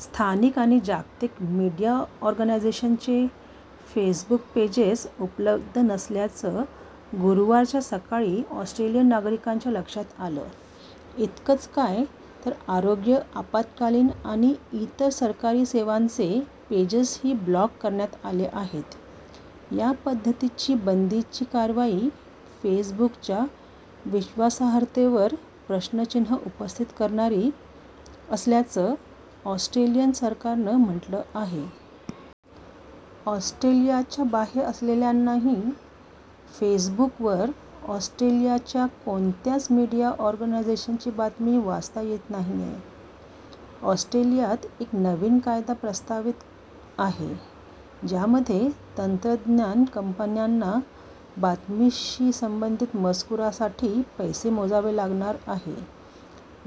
स्थानिक आणि जागतिक मीडिया ऑर्गनायजेशन्सचे फेसबुक पेजेस उपलब्ध नसल्याचं गुरुवारच्या सकाळी ऑस्ट्रेलियन नागरिकांच्या लक्षात आलं. इतकंच काय तर आरोग्य आपात्कालीन आणि इतर सरकारी सेवांचे पेजेसही ब्लॉक करण्यात आले आहेत. या पद्धतीची बंदीची कारवाई फेसबुकच्या विश्वासार्हतेवर प्रश्नचिन्ह उपस्थित करणारी असल्याचं ऑस्ट्रेलियन सरकारनं म्हटलं आहे. ऑस्ट्रेलियाच्या बाहेर असलेल्यांनाही फेसबुकवर ऑस्ट्रेलियाच्या कोणत्याच मीडिया ऑर्गनायजेशन्सची बातमी वाचता येत नाहीये. ऑस्ट्रेलियात एक नवीन कायदा प्रस्तावित आहे. ज्यामध्ये तंत्रज्ञान कंपन्यांना बातमीशी संबंधित मजकुरासाठी पैसे मोजावे लागणार आहे.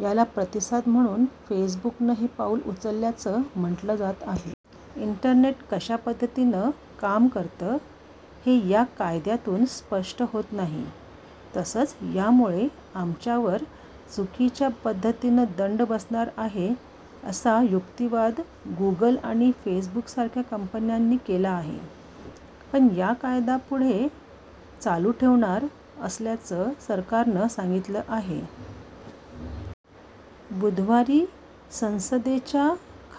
याला प्रतिसाद म्हणून फेसबुकनं हे पाऊल उचलल्याचं म्हटलं जात आहे. इंटरनेट कशा पद्धतीनं काम करतं हे या कायद्यातून स्पष्ट होत नाही. तसंच यामुळे आमच्यावर चुकीच्या पद्धतीनं दंड बसणार आहे असा युक्तिवाद गुगल आणि फेसबुकसारख्या कंपन्यांनी केला आहे. पण या कायदा पुढे चालू ठेवणार असल्याचं सरकारनं सांगितलं आहे. बुधवारी संसदेच्या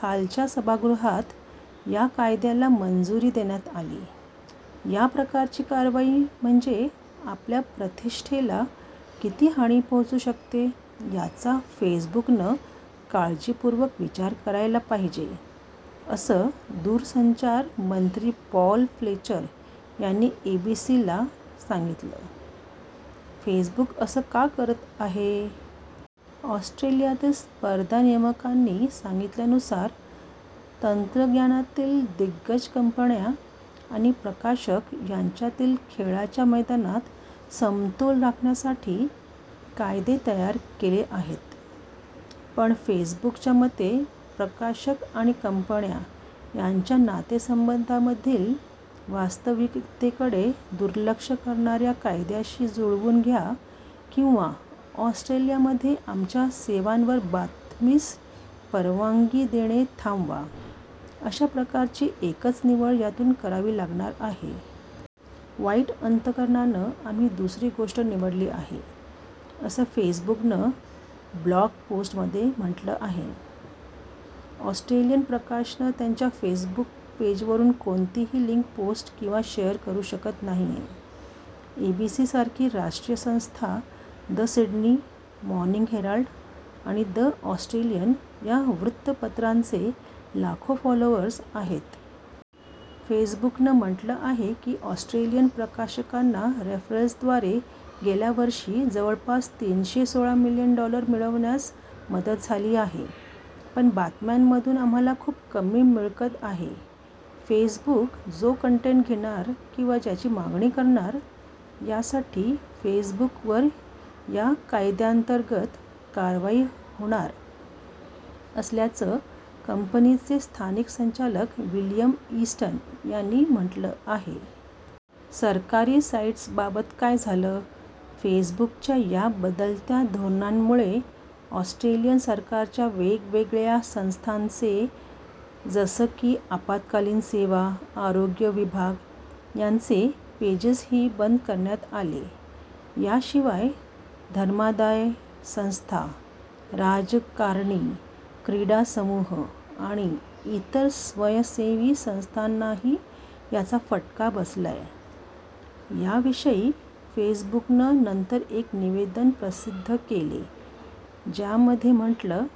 खालच्या सभागृहात या कायद्याला मंजुरी देण्यात आली. याप्रकारची कारवाई म्हणजे आपल्या प्रतिष्ठेला किती हानी पोहोचू शकते, याचा फेसबुकनं काळजीपूर्वक विचार करायला पाहिजे असं दूरसंचार मंत्री पॉल फ्लेचर यांनी एबीसीला सांगितलं. फेसबुक असं का करत आहे? ऑस्ट्रेलियातील स्पर्धा नियामकांनी सांगितल्यानुसार, तंत्रज्ञानातील दिग्गज कंपन्या आणि प्रकाशक यांच्यातील खेळाच्या मैदानात समतोल राखण्यासाठी कायदे तयार केले आहेत. पण फेसबुकच्या मते प्रकाशक आणि कंपन्या यांच्या नातेसंबंधांमधील वास्तविकतेकडे दुर्लक्ष करणाऱ्या कायद्याशी जुळवून घ्या किंवा ऑस्ट्रेलियामध्ये आमच्या सेवांवर बातमीस परवानगी देणे थांबवा, अशाप्रकारची एकच निवड यातून करावी लागणार आहे. वाईट अंतकरणानं आम्ही दुसरी गोष्ट निवडली आहे, असं फेसबुकनं ब्लॉग पोस्टमध्ये म्हटलं आहे. ऑस्ट्रेलियन प्रकाशनं त्यांच्या फेसबुक पेजवरून कोणतीही लिंक पोस्ट किंवा शेयर करू शकत नाहीये. एबीसी सारखी राष्ट्रीय संस्था, द सिडनी, मॉर्निंग हेराल्ड आणि द ऑस्ट्रेलियन या वृत्तपत्रांचे लाखो फॉलोअर्स आहेत. फेसबुकनं म्हटलं आहे की ऑस्ट्रेलियन प्रकाशकांना रेफरल्सद्वारे गेल्या वर्षी जवळपास तीनशे सोळा मिलियन डॉलर मिळवण्यास मदत झाली आहे। पण, बातम्यांमधून आम्हाला खूप कमी मिळकत आहे. फेसबुक जो कंटेट घेणार किंवा ज्याची मागणी करणार, यासाठी फेसबुकवर या कायद्यांतर्गत कारवाई होणार असल्याचं कंपनीचे स्थानिक संचालक विलियम ईस्टन यांनी म्हटलं आहे. सरकारी साईट्सबाबत काय झालं? फेसबुकच्या या बदलत्या धोरणांमुळे ऑस्ट्रेलियन सरकारच्या वेगवेगळ्या संस्थांचे जसं की आपत्कालीन सेवा, आरोग्य विभाग यांचे पेजेसही बंद करण्यात आले. याशिवाय धर्मादाय संस्था, राजकारणी, क्रीडा समूह आणि इतर स्वयंसेवी संस्थांनाही याचा फटका बसलाय. याविषयी फेसबुकनं नंतर एक निवेदन प्रसिद्ध केलं. ज्यामध्ये म्हटलं